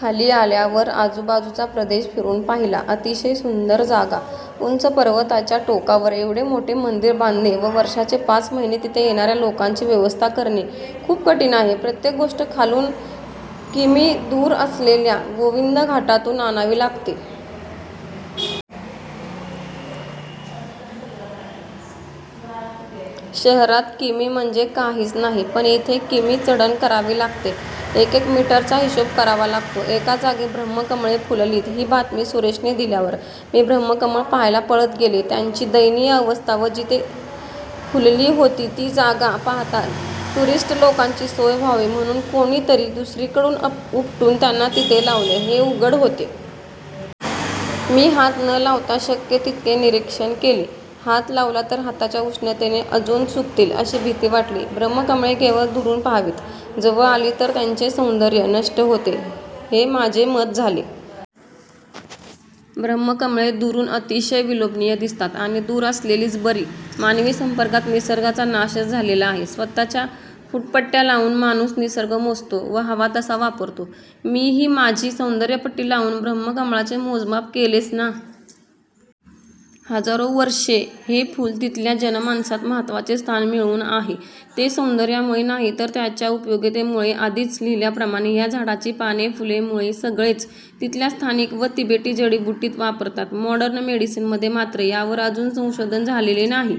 खाली आल्यावर आजूबाजूचा प्रदेश फिरून पाहिला. अतिशय सुंदर जागा!! उंच पर्वताच्या टोकावर एवढे मोठे मंदिर बांधणे व वर्षाचे पाच महिने तिथे येणाऱ्या लोकांची व्यवस्था करणे खूप कठीण आहे. प्रत्येक गोष्ट खालून किमी दूर असलेल्या गोविंदघाटातून आणावी लागते. शहरात किमी म्हणजे काहीच नाही पण इथे किमी चढण करावी लागते. एकेक मीटरचा हिशोब करावा लागतो. एका जागी ब्रम्हकमळे फुललीत ही बातमी सुरेशने दिल्यावर मी ब्रम्हकमळ पाहायला पळत गेले. त्यांची दयनीय अवस्था व जिथे फुलली होती ती जागा पाहता टूरिस्ट लोकांची सोय व्हावी म्हणून कोणीतरी दुसरीकडून उपटून त्यांना तिथे लावले हे उघड होते. मी हात न लावता शक्य तितके निरीक्षण केले. हात लावला तर हाताच्या उष्णतेने अजून सुकतील अशी भीती वाटली. ब्रम्हकमळे केवळ दुरून पाहावीत, जवळ आली तर त्यांचे सौंदर्य नष्ट होते हे माझे मत झाले. ब्रम्हकमळे दुरून अतिशय विलोभनीय दिसतात. आणि दूर असलेलीच बरी. मानवी संपर्कात निसर्गाचा नाशच झालेला आहे. स्वतःच्या फुटपट्ट्या लावून माणूस निसर्ग मोजतो व हवा तसा वापरतो. मीही माझी सौंदर्यपट्टी लावून ब्रम्हकमळाचे मोजमाप केलेच ना. हजारो वर्षे हे फुल तिथल्या जनमानसात महत्वाचे स्थान मिळवून आहे ते सौंदर्यामुळे नाही तर त्याच्या उपयोगितेमुळे. आधीच लिहिल्याप्रमाणे ह्या झाडाची पाने, फुले, मूळे सगळेच तिथल्या स्थानिक व तिबेटी जडिबुटीत वापरतात. मॉडर्न मेडिसीनमध्ये मात्र यावर अजून संशोधन झालेले नाही.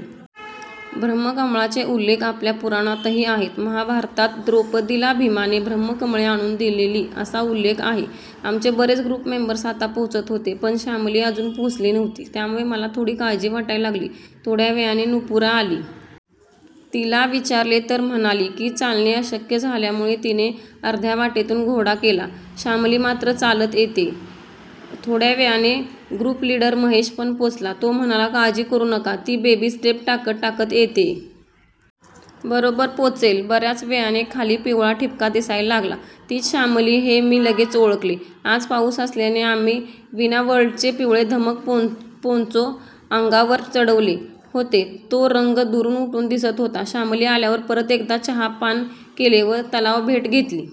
ब्रम्हकमळाचे उल्लेख आपल्या पुराणातही आहेत. महाभारतात द्रौपदीला भीमाने ब्रम्हकमळे आणून दिलेली असा उल्लेख आहे. आमचे बरेच ग्रुपमेंबर्स आता पोचत होते पण शामली अजून पोचली नव्हती. त्यामुळे मला थोडी काळजी वाटायला लागली. थोड्या वेळाने नुपुरा आली. तिला विचारले तर म्हणाली की चालणे अशक्य झाल्यामुळे तिने अर्ध्या वाटेतुन घोडा केला, शामली मात्र चालत येतेय. थोड्या वेळाने ग्रुपलीडर महेशपण पोचला. तो म्हणाला काळजी करू नका, ती बेबी स्टेप टाकत टाकत येतेय. बरोबर पोचेल. बऱ्याच वेळाने खाली पिवळा ठिपका दिसायला लागला. तीच शामली हे मी लगेच ओळखले. आज पाऊस असल्याने आम्ही वीणावर्ल्डचे पिवळेधम्मक पोंचो अंगावर चढवले होते, तो रंग दुरून उठून दिसत होता. शामली आल्यावर परत एकदा चहापान केले व तलावभेट घेतली.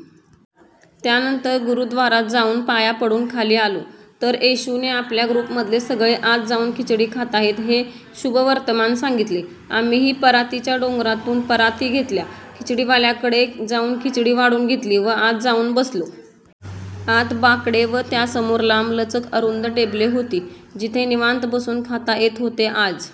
त्यानंतर गुरुद्वारात जाऊन पाया पडून खाली आलो तर ऐशूने आपल्या ग्रुपमधले सगळे आत जाऊन खिचडी खाताहेत हे शुभवर्तमान सांगितले. आम्हीही परातीच्या डोंगरातून पराती घेतल्या, खिचडीवाल्याकडे जाऊन खिचडी वाढून घेतली व आत जाऊन बसलो. आत बाकडे व त्यासमोर लाम्बलचक अरुंद टेबले होती जिथे निवांत बसून खाता येत होते. आज